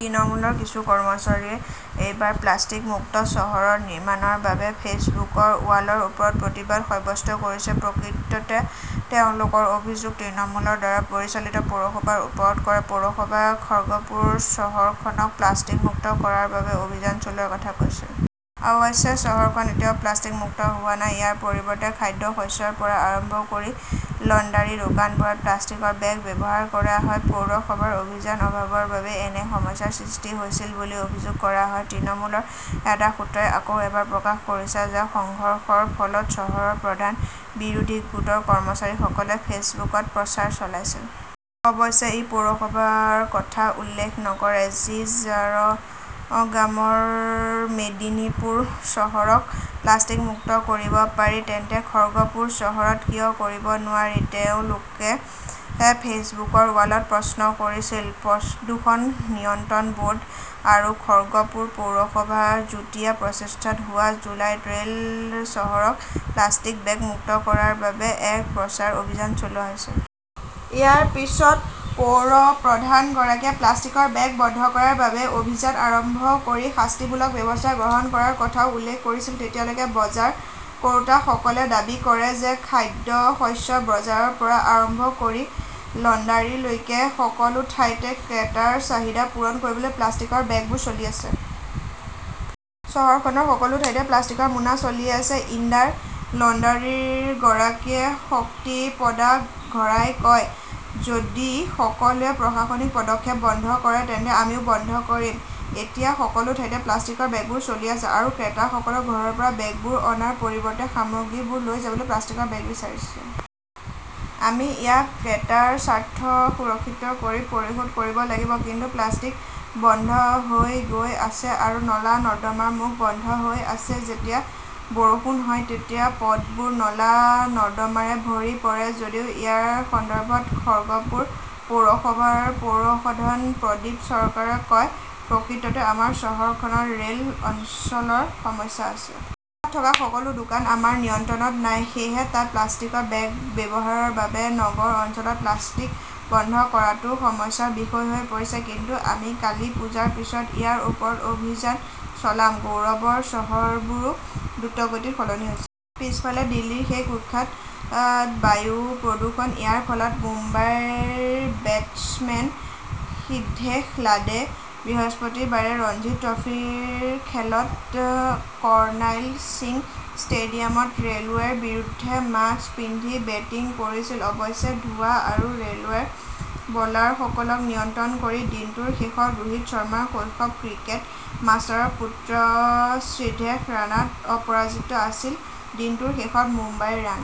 তৃণমূলৰ কিছু কৰ্মচাৰীয়ে এইবাৰ প্লাষ্টিক মুক্ত চহৰ নিৰ্মাণৰ বাবে ফেচবুকৰ ৱালৰ ওপৰত প্ৰতিবাদ সাব্যস্ত কৰিছে। প্ৰকৃততে তেওঁলোকৰ অভিযোগ তৃণমূলৰ দ্বাৰা পৰিচালিত পৌৰসভাৰ ওপৰত নিৰ্ভৰ কৰে। পৌৰসভাই খাৰ্গপুৰ চহৰখনক প্লাষ্টিক মুক্ত কৰাৰ বাবে অভিযান চলোৱাৰ কথা কৈছিল। অৱশ্যে চহৰখন এতিয়াও প্লাষ্টিক মুক্ত হোৱা নাই। ইয়াৰ পৰিৱৰ্তে, খাদ্যশস্যৰ পৰা আৰম্ভ কৰি লণ্ডাৰী, দোকানবোৰত প্লাষ্টিকৰ বেগ ব্যৱহাৰ কৰা হয়। পৌৰসভাৰ অভিযানৰ অভাৱৰ বাবেই এনে সমস্যাৰ সৃষ্টি হৈছিল বুলি অভিযোগ কৰা হৈছে। তৃণমূলৰ এটা সূত্ৰই আকৌ এবাৰ প্ৰকাশ কৰিছে যে, সংঘৰ্ষৰ ফলত চহৰ প্ৰধানৰ বিৰোধী গোটৰ কৰ্মচাৰীসকলে ফেচবুকত প্ৰচাৰ চলাইছিল। অৱশ্যে ই পৌৰসভাৰ কথা উল্লেখ নকৰে। "যদি ঝাৰগ্ৰাম, মেদিনীপুৰ চহৰক প্লাষ্টিক মুক্ত কৰিব পাৰি, তেন্তে খাৰ্গপুৰ চহৰত কিয় কৰিব নোৱাৰি?", তেওঁলোকে ফেচবুকৰ ৱালত প্ৰশ্ন কৰিছিল। "প্ৰদূষণ নিয়ন্ত্ৰণ বৰ্ড আৰু খাৰ্গপুৰ পৌৰসভাৰ যুটীয়া প্ৰচেষ্টাত যোৱা জুলাইত ৰেল চহৰক প্লাষ্টিকৰ বেগ মুক্ত কৰাৰ বাবে এক প্ৰচাৰ অভিযান চলোৱা হৈছিল। ইয়াৰ পিছত পৌৰ প্ৰধানগৰাকীয়ে প্লাষ্টিকৰ বেগ বন্ধ কৰাৰ বাবে অভিযান আৰম্ভ কৰি শাস্তিমূলক ব্যৱস্থা গ্ৰহণ কৰাৰ কথাও উল্লেখ কৰিছিল তেতিয়ালৈকে। বজাৰ কৰোঁতাসকলে দাবী কৰে যে খাদ্যশস্যৰ বজাৰৰ পৰা আৰম্ভ কৰি লণ্ডাৰীলৈকে সকলো ঠাইতে ক্ৰেতাৰ চাহিদা পূৰণ কৰিবলৈ প্লাষ্টিকৰ বেগবোৰ চলি আছে। "চহৰখনৰ সকলো ঠাইতে প্লাষ্টিকৰ মোনা চলি আছে", ইণ্ডাৰ লণ্ডাৰীৰ গৰাকী শক্তিপদা ঘৰাই কয়। যদি সকলোৱে প্ৰশাসনিক পদক্ষেপত বন্ধ কৰে, তেন্তে আমিও বন্ধ কৰিম। এতিয়া সকলো ঠাইতে প্লাষ্টিকৰ বেগবোৰ চলি আছে আৰু ক্ৰেতাসকলে ঘৰৰ পৰা বেগবোৰ অনাৰ পৰিৱৰ্তে সামগ্ৰীবোৰ লৈ যাবলৈ প্লাষ্টিকৰ বেগ বিচাৰিছে। আমি ইয়াক ক্ৰেতাৰ স্বাৰ্থ সুৰক্ষিত কৰি পৰিশোধ কৰিব লাগিব। "কিন্তু প্লাষ্টিক বন্ধ হৈ গৈ আছে আৰু নলা-নৰ্দমাৰ মুখ বন্ধ হৈ আছে। যেতিয়া বৰষুণ হয়, তেতিয়া পথবোৰে নলা-নৰ্দমাৰে ভৰি পৰে। যদিও ইয়াৰ সন্দৰ্ভত খাৰ্গপুৰ পৌৰসভাৰ পৌৰপ্ৰধান প্ৰদীপ চৰকাৰে কয়, "প্ৰকৃততে আমাৰ চহৰখনত ৰেল অঞ্চলৰ সমস্যা আছে। তাত থকা সকলো দোকান আমাৰ নিয়ন্ত্ৰণত নাই। সেয়েহে তাত প্লাষ্টিকৰ ব্যৱহাৰৰ বাবে নগৰ অঞ্চলত প্লাষ্টিক বন্ধ কৰাটোও সমস্যাৰ বিষয় হৈ পৰিছে। কিন্তু আমি কালীপুজাৰ পিছত ইয়াৰ ওপৰত অভিযান চলাম"। গৌৰৱৰ চহৰবোৰো দ্ৰুতগতিত সলনি হৈছে। পিছফালে দিল্লীৰ সেই কুখ্যাত বায়ু প্ৰদূষণ। ইয়াৰ ফলত মুম্বাইৰ বেটছমেন সিদ্ধেশ লাডে বৃহস্পতিবাৰে ৰঞ্জী ট্ৰফীৰ খেলত কৰ্ণাইল সিং ষ্টেডিয়ামত ৰেলৱেৰ বিৰুদ্ধে মাস্ক পিন্ধি বেটিং কৰিছিল। অৱশ্যে, ধোঁৱা আৰু ৰেলৱেৰ বলাৰসকলক নিয়ন্ত্ৰণ কৰি, দিনটোৰ শেষত ৰোহিত শৰ্মাৰ শৈশৱৰ ক্ৰিকেট-মাষ্টাৰৰ পুত্ৰ সিদ্ধেশ ৰানত অপৰাজিত আছিল। দিনটোৰ শেষত মুম্বাইৰ ৰান।